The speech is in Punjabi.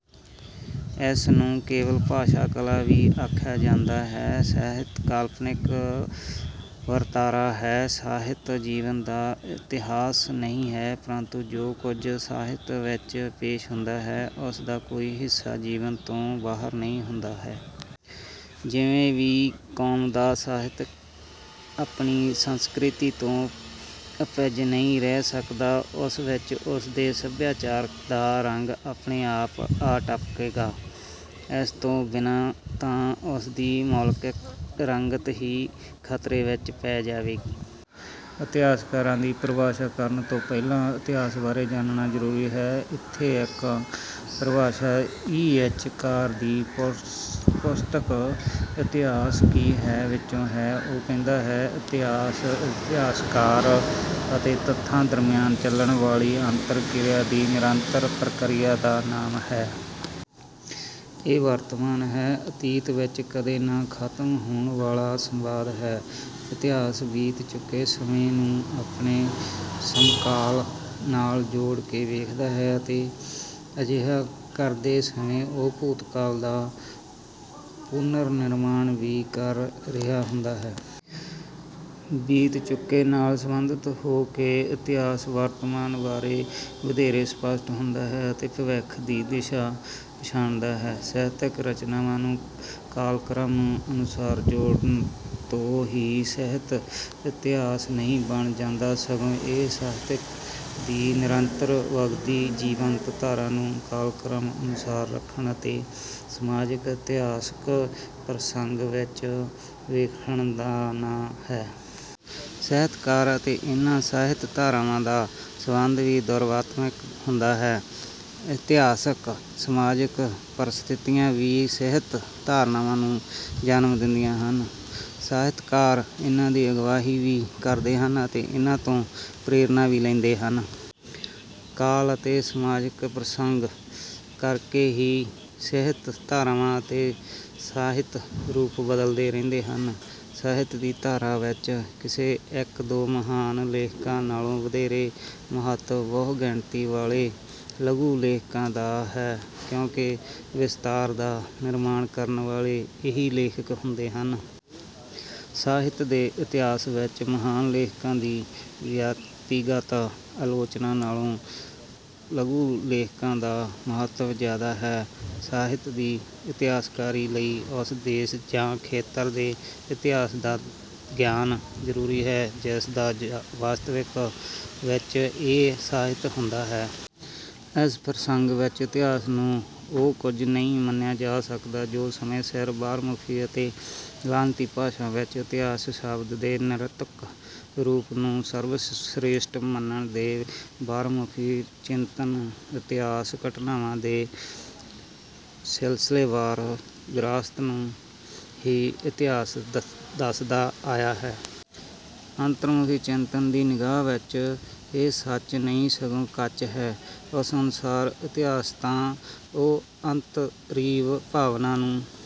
ਇਸ ਨੂੰ ਕੇਵਲ ਭਾਸ਼ਕ ਕਲਾ ਵੀ ਆਖਿਆ ਜਾਂਦਾ ਹੈ। ਸਾਹਿਤ ਕਾਲਪਨਿਕ ਵਰਤਾਰਾ ਹੈ, ਸਾਹਿਤ ਜੀਵਨ ਦਾ ਇਤਿਹਾਸ ਨਹੀਂ ਹੈ, ਪ੍ਰੰਤੂ ਜੋ ਕੁਝ ਸਾਹਿਤ ਵਿੱਚ ਪੇਸ਼ ਹੁੰਦਾ ਹੈ ਉਸ ਦਾ ਕੋਈ ਹਿੱਸਾ ਜੀਵਨ ਤੋਂ ਬਾਹਰ ਨਹੀਂ ਹੁੰਦਾ। ਕਿਸੇ ਵੀ ਕੌਮ ਦਾ ਸਾਹਿਤ ਆਪਣੀ ਸੰਸਕ੍ਰਿਤੀ ਤੋਂ ਅਭਿੱਜ ਨਹੀਂ ਰਹਿ ਸਕਦਾ, ਉਸ ਵਿੱਚ ਉਸਦੇ ਸੱਭਿਆਚਾਰ ਦਾ ਰੰਗ ਆਪਣੇ ਆਪ ਆ ਟਪਕੇਗਾ। ਇਸ ਤੋਂ ਬਿਨਾਂ ਤਾਂ ਉਸਦੀ ਮੌਲਿਕ ਰੰਗਤ ਹੀ ਖਤਰੇ ਵਿੱਚ ਪੈ ਜਾਵੇਗੀ। ਇਤਿਹਾਸਕਾਰੀ ਦੀ ਪਰਿਭਾਸ਼ਾ ਕਰਨ ਤੋਂ ਪਹਿਲਾਂ ਇਤਿਹਾਸ ਬਾਰੇ ਜਾਣਨਾ ਜ਼ਰੂਰੀ ਹੈ। ਇੱਥੇ ਇੱਕ ਪਰਿਭਾਸ਼ਾ ਈ. ਐੱਚ. ਕਾਰ ਦੀ ਪੁਸਤਕ 'ਇਤਿਹਾਸ ਕੀ ਹੈ' ਵਿੱਚੋਂ ਹੈ, ਉਹ ਕਹਿੰਦਾ ਹੈ, "ਇਤਿਹਾਸ ਇਤਿਹਾਸਕਾਰ ਅਤੇ ਤੱਥਾਂ ਦਰਮਿਆਨ ਚੱਲਣ ਵਾਲੀ ਅੰਤਰ-ਕਿਰਿਆ ਦੀ ਨਿਰੰਤਰ ਪ੍ਰਕਿਰਿਆ ਦਾ ਨਾਮ ਹੈ। ਇਹ ਵਰਤਮਾਨ ਅਤੇ ਅਤੀਤ ਵਿੱਚ ਕਦੇ ਨਾ ਖਤਮ ਹੋਣ ਵਾਲਾ ਸੰਵਾਦ ਹੈ।" ਇਤਿਹਾਸ ਬੀਤ ਚੁੱਕੇ ਸਮੇਂ ਨੂੰ ਆਪਣੇ ਸਮਕਾਲ ਨਾਲ ਜੋੜ ਕੇ ਵੇਖਦਾ ਹੈ ਅਤੇ ਅਜਿਹਾ ਕਰਦੇ ਸਮੇਂ ਉਹ ਭੂਤਕਾਲ ਦਾ ਪੁਨਰ-ਨਿਰਮਾਣ ਵੀ ਕਰ ਰਿਹਾ ਹੁੰਦਾ ਹੈ। ਬੀਤ ਚੁੱਕੇ ਨਾਲ ਸਬੰਧਤ ਹੋ ਕੇ ਇਤਿਹਾਸ ਵਰਤਮਾਨ ਬਾਰੇ ਵਧੇਰੇ ਸਪਸ਼ਟ ਹੁੰਦਾ ਹੈ ਅਤੇ ਭਵਿੱਖ ਦੀ ਦਿਸ਼ਾ ਪਛਾਣਦਾ ਹੈ। ਸਾਹਿਤਕ ਰਚਨਾਵਾਂ ਨੂੰ ਕਾਲਕ੍ਰਮ ਅਨੁਸਾਰ ਜੋੜਨ ਤੋਂ ਹੀ ਸਾਹਿਤ ਇਤਿਹਾਸ ਨਹੀਂ ਬਣ ਜਾਂਦਾ, ਸਗੋਂ ਇਹ ਸਾਹਿਤ ਦੀ ਨਿਰੰਤਰ ਵਗਦੀ ਜੀਵੰਤ ਧਾਰਾ ਨੂੰ ਕਾਲਕ੍ਰਮ ਅਨੁਸਾਰ ਰੱਖਣ ਅਤੇ ਸਮਾਜਿਕ-ਇਤਿਹਾਸਕ ਪ੍ਰਸੰਗ ਵਿੱਚ ਵੇਖਣ ਦਾ ਨਾਂ ਹੈ। ਸਾਹਿਤਕਾਰ ਅਤੇ ਇਹਨਾਂ ਸਾਹਿਤ ਧਾਰਾਵਾਂ ਦਾ ਸਬੰਧ ਵੀ ਦੁਵੰਦਾਤਮਕ ਹੁੰਦਾ ਹੈ। ਇਤਿਹਾਸਕ-ਸਮਾਜਿਕ ਪ੍ਰਸਥਿਤੀਆਂ ਹੀ ਸਾਹਿਤ ਧਾਰਾਵਾਂ ਨੂੰ ਜਨਮ ਦਿੰਦੀਆਂ ਹਨ। ਸਾਹਿਤਕਾਰ ਇਨ੍ਹਾਂ ਦੀ ਅਗਵਾਈ ਵੀ ਕਰਦੇ ਹਨ, ਅਤੇ ਇਨ੍ਹਾਂ ਤੋਂ ਪ੍ਰੇਰਨਾ ਵੀ ਲੈਂਦੇ ਹਨ। ਕਾਲ ਅਤੇ ਸਮਾਜਿਕ ਪ੍ਰਸੰਗ ਕਰਕੇ ਹੀ ਸਾਹਿਤ ਧਾਰਾਵਾਂ ਅਤੇ ਸਾਹਿਤ ਰੂਪ ਬਦਲਦੇ ਰਹਿੰਦੇ ਹਨ। ਸਾਹਿਤ ਦੀ ਧਾਰਾ ਵਿੱਚ ਕਿਸੇ ਇੱਕ-ਦੋ ਮਹਾਨ ਲੇਖਕਾਂ ਨਾਲੋਂ ਵਧੇਰੇ ਮਹੱਤਵ ਬਹੁ-ਗਿਣਤੀ ਵਾਲੇ ਲਘੂ ਲੇਖਕਾਂ ਦਾ ਹੈ, ਕਿਉਂਕਿ ਵਿਸਤਾਰ ਦਾ ਨਿਰਮਾਣ ਕਰਨ ਵਾਲੇ ਇਹੀ ਲੇਖਕ ਹੁੰਦੇ ਹਨ। ਸਾਹਿਤ ਦੇ ਇਤਿਹਾਸ ਵਿੱਚ ਮਹਾਨ ਲੇਖਕਾਂ ਦੀ ਵਿਅਕਤੀਗਤ ਆਲੋਚਨਾ ਨਾਲੋਂ ਲਘੂ ਲੇਖਕਾਂ ਦਾ ਮਹੱਤਵ ਜ਼ਿਆਦਾ ਹੈ। ਸਾਹਿਤ ਦੀ ਇਤਿਹਾਸਕਾਰੀ ਲਈ ਉਸ ਦੇਸ਼ ਜਾਂ ਖੇਤਰ ਦੇ ਇਤਿਹਾਸ ਦਾ ਗਿਆਨ ਜ਼ਰੂਰੀ ਹੈ ਜਿਸ ਦਾ ਵਾਸਤਵ ਵਿੱਚ ਇਹ ਸਾਹਿਤ ਹੁੰਦਾ ਹੈ। ਇਸ ਪ੍ਰਸੰਗ ਵਿੱਚ ਇਤਿਹਾਸ ਨੂੰ ਉਹ ਕੁਝ ਨਹੀਂ ਮੰਨਿਆ ਜਾ ਸਕਦਾ ਜੋ ਸਮੇਂ ਸਿਰ ਬਾਹਰਮੁਖੀ ਅਤੇ ਲਾਤੀਨੀ ਭਾਸ਼ਾ ਵਿੱਚ ਇਤਿਹਾਸ ਸ਼ਬਦ ਦੇ ਨਿਰੁਕਤ ਰੂਪ ਨੂੰ ਸਰਵਸ੍ਰੇਸ਼ਟ ਮੰਨ ਕੇ ਬਾਹਰਮੁਖੀ ਚਿੰਤਨ, ਇਤਿਹਾਸ ਘਟਨਾਵਾਂ ਦੇ ਸਿਲਸਿਲੇਵਾਰ ਬਿਰਤਾਂਤ ਨੂੰ ਹੀ ਇਤਿਹਾਸ ਦੱਸਦਾ ਆਇਆ ਹੈ। ਅੰਤਰਮੁਖੀ ਚਿੰਤਨ ਦੀ ਨਿਗਾਹ ਵਿੱਚ ਇਹ ਸੱਚ ਨਹੀਂ ਸਗੋਂ ਕੱਚ ਹੈ। ਉਸ ਅਨੁਸਾਰ ਇਤਿਹਾਸ ਤਾਂ ਉਸ ਅੰਤਰੀਵ ਭਾਵਨਾ ਨੂੰ